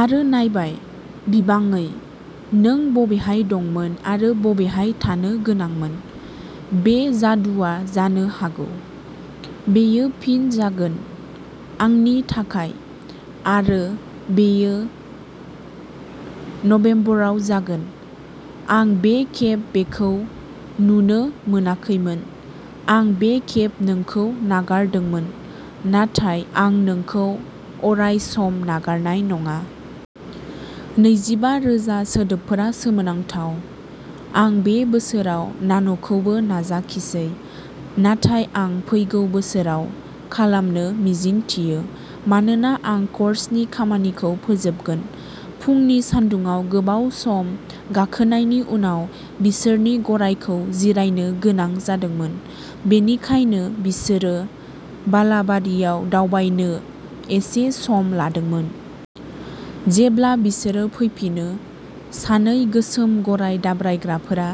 आरो नायबाय, बिबाङै, नों बबेहाय दंमोन आरो बबेहाय थानो गोनांमोन। बे जादुआ जानो हागौ। बेयो फिन जागोन, आंनि थाखाय, आरो बेयो नबेम्बराव जागोन। आं बे खेब बेखौ नुनो मोनाखैमोन। आं बे खेब नोंखौ नागारदोंमोन, नाथाय आं नोंखौ अरायसम नागारनाय नङा। नैजिबा रोजा सोदोबफोरा सोमोनांथाव! आं बे बोसोराव नान'खौबो नाजाखिसै, नाथाय आं फैगौ बोसोराव खालामनो मिजिंथियो, मानोना आं कर्सनि खामानिखौ फोजोबगोन। फुंनि सान्दुङाव गोबाव सम गाखोनायनि उनाव बिसोरनि गरायखौ जिरायनो गोनां जादोंमोन, बेनिखायनो बिसोरो बालाबारियाव दावबायनो एसे सम लादोंमोन। जेब्ला बिसोरो फैफिनो, सानै गोसोम गराय दाब्रायग्राफोरा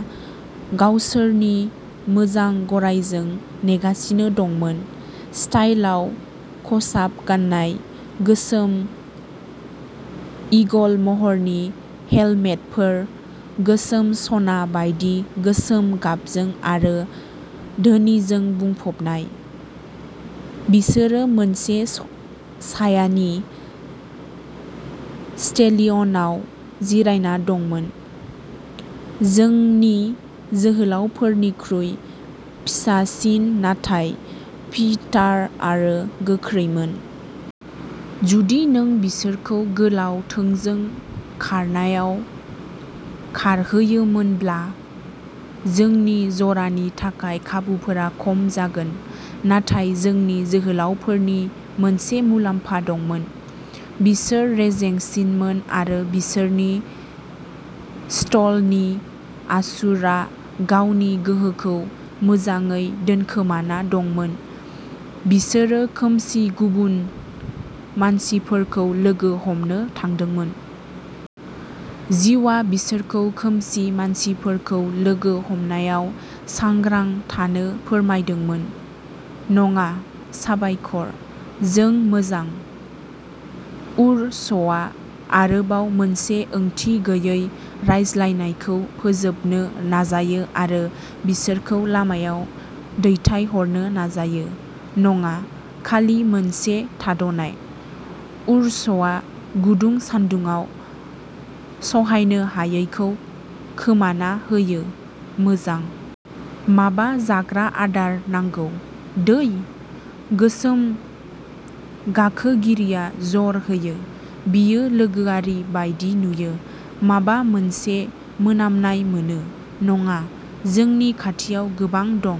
गावसोरनि मोजां गरायजों नेगासिनो दंमोन। स्टाइलआव खसाब गान्नाय-गोसोम ईगल महरनि हेलमेटफोर, गोसोम सना बायदि गोसोम गाबजों आरो धोनिजों बुंफबनाय, बिसोरो मोनसे सायानि स्टेलियनआव जिरायना दंमोन, जोंनि जोहोलावफोरनिख्रुइ फिसासिन नाथाय फिटार आरो गोख्रैसिन। जुदि नों बिसोरखौ गोलाव थोंजों खारनायाव खारहोयोमोनब्ला। जोंनि जरानि थाखाय खाबुफोरा खम जागोन। नाथाय जोंनि जोहोलावफोरनि मोनसे मुलाम्फा दंमोन। बिसोर रेजेंसिनमोन आरो बिसोरनि स्टिलनि असुरआ गावनि गोहोखौ मोजाङै दोनखोमाना दंमोन। बिसोरो खोमसि गुबुन मानसिफोरखौ लोगो हमनो थांदोंमोन। जिउआ बिसोरखौ खोमसि मानसिफोरखौ लोगो हमनायाव सांग्रां थानो फोरोंदोंमोन।-"नङा, साबायखर, जों मोजां।" उर'सआ आरोबाव मोनसे ओंथि गैयै रायज्लायनायखौ फोजोबनो नाजायो आरो बिसोरखौ लामायाव दैथायहरनो नाजायो।-"नङा, खालि मोनसे थाद'नाय", उर'सआ गुदुं सान्दुङाव सहायनो हायैखौ खोमाना होयो।-"मोजां... माबा जाग्रा आदार नांगौ, दै?" गोसोम गाखोगिरिया जर होयो। बियो लोगोआरि बायदि नुयो। माबा मोनसे मोनामनाय मोनो।-"नङा, जोंनि खाथियाव गोबां दं।"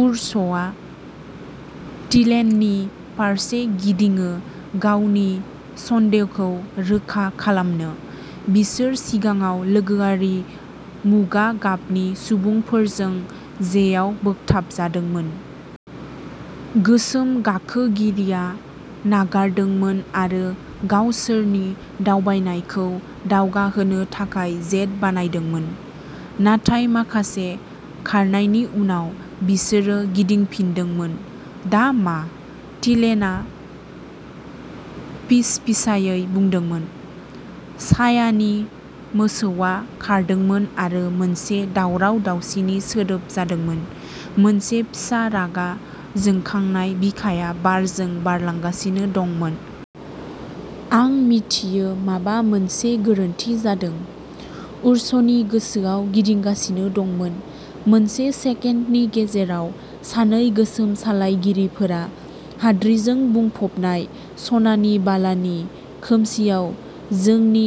उर'सआ टिलेननि फारसे गिदिङो गावनि सन्देहखौ रोखा खालामनो। बिसोर सिगाङाव लोगोआरि मुगा गाबनि सुबुंफोरजों जेयाव बोगथाबजादोंमोन। गोसोम गाखोगिरिया नागारदोंमोन आरो गावसोरनि दावबायनायखौ दावगाहोनो थाखाय जेद बानायदोंमोन। नाथाय माखासे खारनायनि उनाव, बिसोरो गिदिंफिनदोंमोन। "दा मा?" टिलेनआ फिसफिसायै बुंदोंमोन। सायानि मोसौआ खारदोंमोन आरो मोनसे दावराव-दावसिनि सोदोब जादोंमोन। मोनसे फिसा रागा जोंखांनाय बिखाया बारजों बारलांगासिनो दंमोन। "आं मिथियो माबा मोनसे गोरोन्थि जादों" उर'सनि गोसोआव गिदिंगासिनो दंमोन। मोनसे सेकेन्डनि गेजेराव सानै गोसोम सालायगिरिफोरा हाद्रिजों बुंफबनाय सनानि बालानि खोमसियाव जोंनि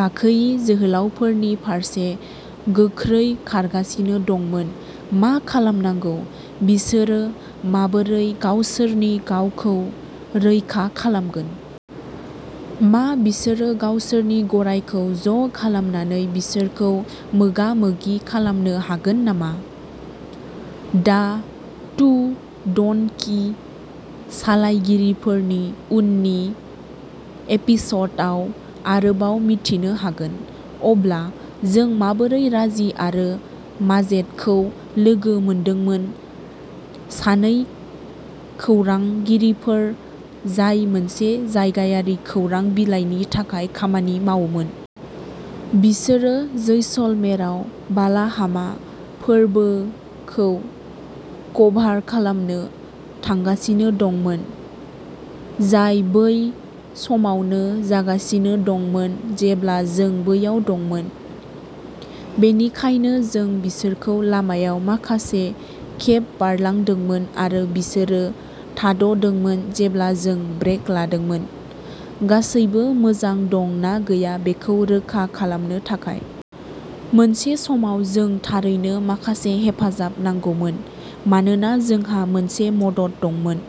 गाखोयि जोहोलावफोरनि फारसे गोख्रै खारगासिनो दंमोन। मा खालामनांगौ, बिसोरो माबोरै गावसोरनि गावखौ रैखा खालामगोन? मा बिसोरो गावसोरनि गरायखौ ज'खालामनानै बिसोरखौ मोगा-मोगि खालामनो हागोन नामा? दा टू डनकि सालायगिरिफोरनि उननि एपिस'डआव आरोबाव मिथिनो हागोन! अब्ला, जों माबोरै राजि आरो माजेदखौ लोगो मोनदोंमोन-सानै खौरांगिरिफोर जाय मोनसे जायगायारि खौरां बिलाइनि थाखाय खामानि मावोमोन। बिसोरो जैसलमेराव बालाहामा फोरबोखौ कभार खालामनो थांगासिनो दंमोन, जाय बै समावनो जागासिनो दंमोन जेब्ला जों बैयाव दंमोन। बेनिखायनो जों बिसोरखौ लामायाव माखासे खेब बारलांदोंमोन आरो बिसोरो थाद'दोंमोन जेब्ला जों ब्रेक लादोंमोन-गासैबो मोजां दं ना गैया बेखौ रोखा खालामनो थाखाय। मोनसे समाव जों थारैनो माखासे हेफाजाब नांगौमोन, मानोना जोंहा मोनसे मदद दंमोन।